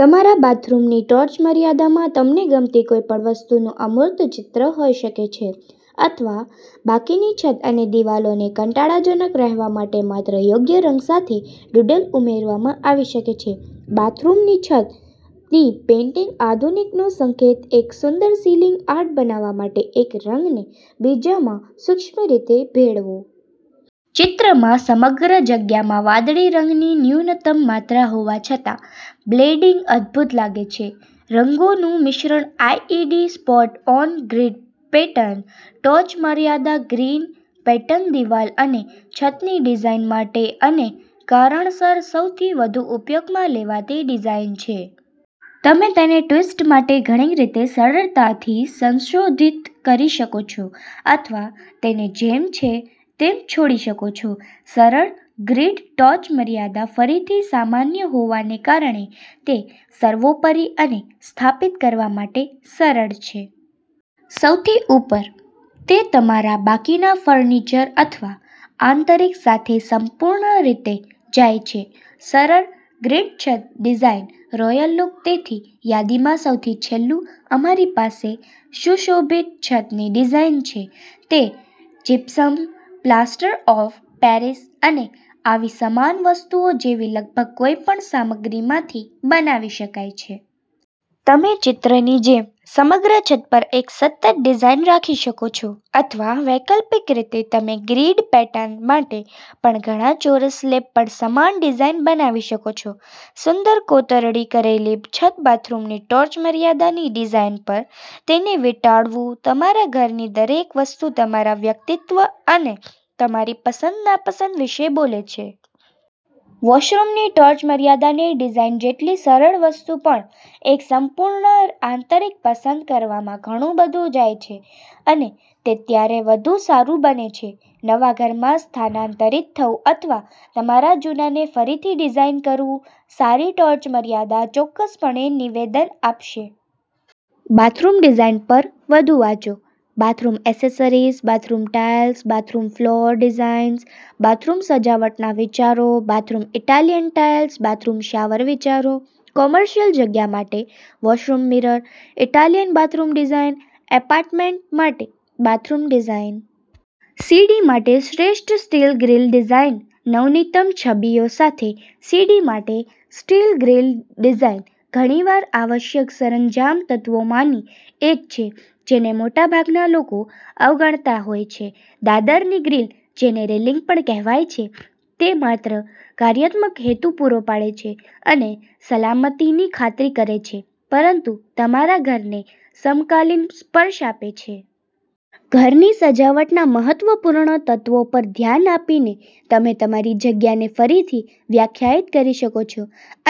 તમારા બાથરૂમની ટોચમર્યાદામાં તમને ગમતી કોઈપણ વસ્તુનું અમૂર્ત ચિત્ર હોઈ શકે છે અથવા બાકીની છત અને દિવાલોને કંટાળાજનક રહેવા માટે માત્ર યોગ્ય રંગ સાથે ડૂડલ ઉમેરવામાં આવી શકે છે. બાથરૂમની છતની પેઇન્ટિંગ આધુનિકનો સંકેત એક સુંદર સીલિંગ આર્ટ બનાવવા માટે એક રંગને બીજામાં સૂક્ષ્મ રીતે ભેળવો. ચિત્રમાં સમગ્ર જગ્યામાં વાદળી રંગની ન્યૂનતમ માત્રા હોવા છતાં, બ્લેડિંગ અદ્ભુત લાગે છે. રંગોનું મિશ્રણ આઈડી સ્પોટ-ઓન ગ્રીડ પેટર્ન ટોચમર્યાદા ગ્રીડ પેટર્નદિવાલ અને છતની ડિઝાઇન માટે અને કારણસર સૌથી વધુ ઉપયોગમાં લેવાતી ડિઝાઇન છે. તમે તેને ટ્વિસ્ટ માટે ઘણી રીતે સરળતાથી સંશોધિત કરી શકો છો અથવા તેને જેમ છે તેમ છોડી શકો છો. સરળ ગ્રીડ ટોચમર્યાદા, ફરીથી સામાન્ય હોવાને કારણે તે સર્વોપરી અને સ્થાપિત કરવા માટે સરળ છે. સૌથી ઉપર, તે તમારા બાકીના ફર્નિચર અથવા આંતરિક સાથે સંપૂર્ણ રીતે જાય છે. સરળ ગ્રીડ છત ડિઝાઇન રોયલ લુક તેથી યાદીમાં સૌથી છેલ્લું અમારી પાસે સુશોભિત છતની ડિઝાઇન છે. તે જીપ્સમ, પ્લાસ્ટર ઓફ પેરિસ અને આવી સમાન વસ્તુઓ જેવી લગભગ કોઈપણ સામગ્રીમાંથી બનાવી શકાય છે. તમે ચિત્રની જેમ, સમગ્ર છત પર એક સતત ડિઝાઇન રાખી શકો છો. અથવા વૈકલ્પિક રીતે તમે ગ્રીડ પેટર્ન માટે પણ ઘણા ચોરસ સ્લેબ પર સમાન ડિઝાઇન બનાવી શકો છો. સુંદર કોતરણી કરેલી છત બાથરૂમની ટોચમર્યાદાની ડિઝાઇન પર તેને વીંટાળવું તમારા ઘરની દરેક વસ્તુ તમારા વ્યક્તિત્વ અને તમારી પસંદ-નાપસંદ વિશે બોલે છે. વૉશરૂમની ટોચમર્યાદાની ડિઝાઇન જેટલી સરળ વસ્તુ પણ. એક સંપૂર્ણ આંતરિક પસંદ કરવામાં ઘણું બધું જાય છે અને તે ત્યારે વધુ સારું બને છે. નવા ઘરમાં સ્થાનાંતરિત થવું અથવા તમારા જૂનાને ફરીથી ડિઝાઇન કરવું, સારી ટોચમર્યાદા ચોક્કસપણે નિવેદન આપશે. બાથરૂમ ડિઝાઇન પર વધુ વાંચો, bathroom accessories, bathroom tiles, bathroom floor designs, bathroom સજાવટના વિચારો, bathroom Italian tiles, bathroom shower વિચારો, કોમર્શિયલ જગ્યા માટે washroom mirror, Italian bathroom design, apartment માટે બાથરૂમ ડિઝાઇન. સીડી માટે શ્રેષ્ઠ સ્ટીલ ગ્રીલ ડિઝાઇન નવીનતમ છબીઓ સાથે સીડી માટે સ્ટીલ ગ્રીલ ડિઝાઇન ઘણીવાર આવશ્યક સરંજામ તત્વોમાંની એક છે જેને મોટાભાગના લોકો અવગણતા હોય છે. દાદરની ગ્રીલ, જેને રેલિંગ પણ કહેવાય છે, તે માત્ર કાર્યાત્મક હેતુપૂરો પાડે છે અને સલામતીની ખાતરી કરે છે પરંતુ તમારા ઘરને સમકાલીન સ્પર્શ આપે છે. ઘરની સજાવટના મહત્વપૂર્ણ તત્વ પર ધ્યાન આપીને તમે તમારી જગ્યાને ફરીથી વ્યાખ્યાયિત કરી શકો છો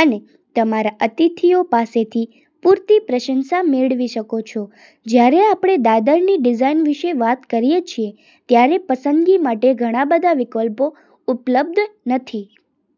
અને તમારા અતિથિઓ પાસેથી પૂરતી પ્રશંસા મેળવી શકો છો. જ્યારે આપણે દાદરની ડિઝાઇન વિશે વાત કરીએ છીએ ત્યારે પસંદગી માટે ઘણા બધા વિકલ્પો ઉપલબ્ધ નથી.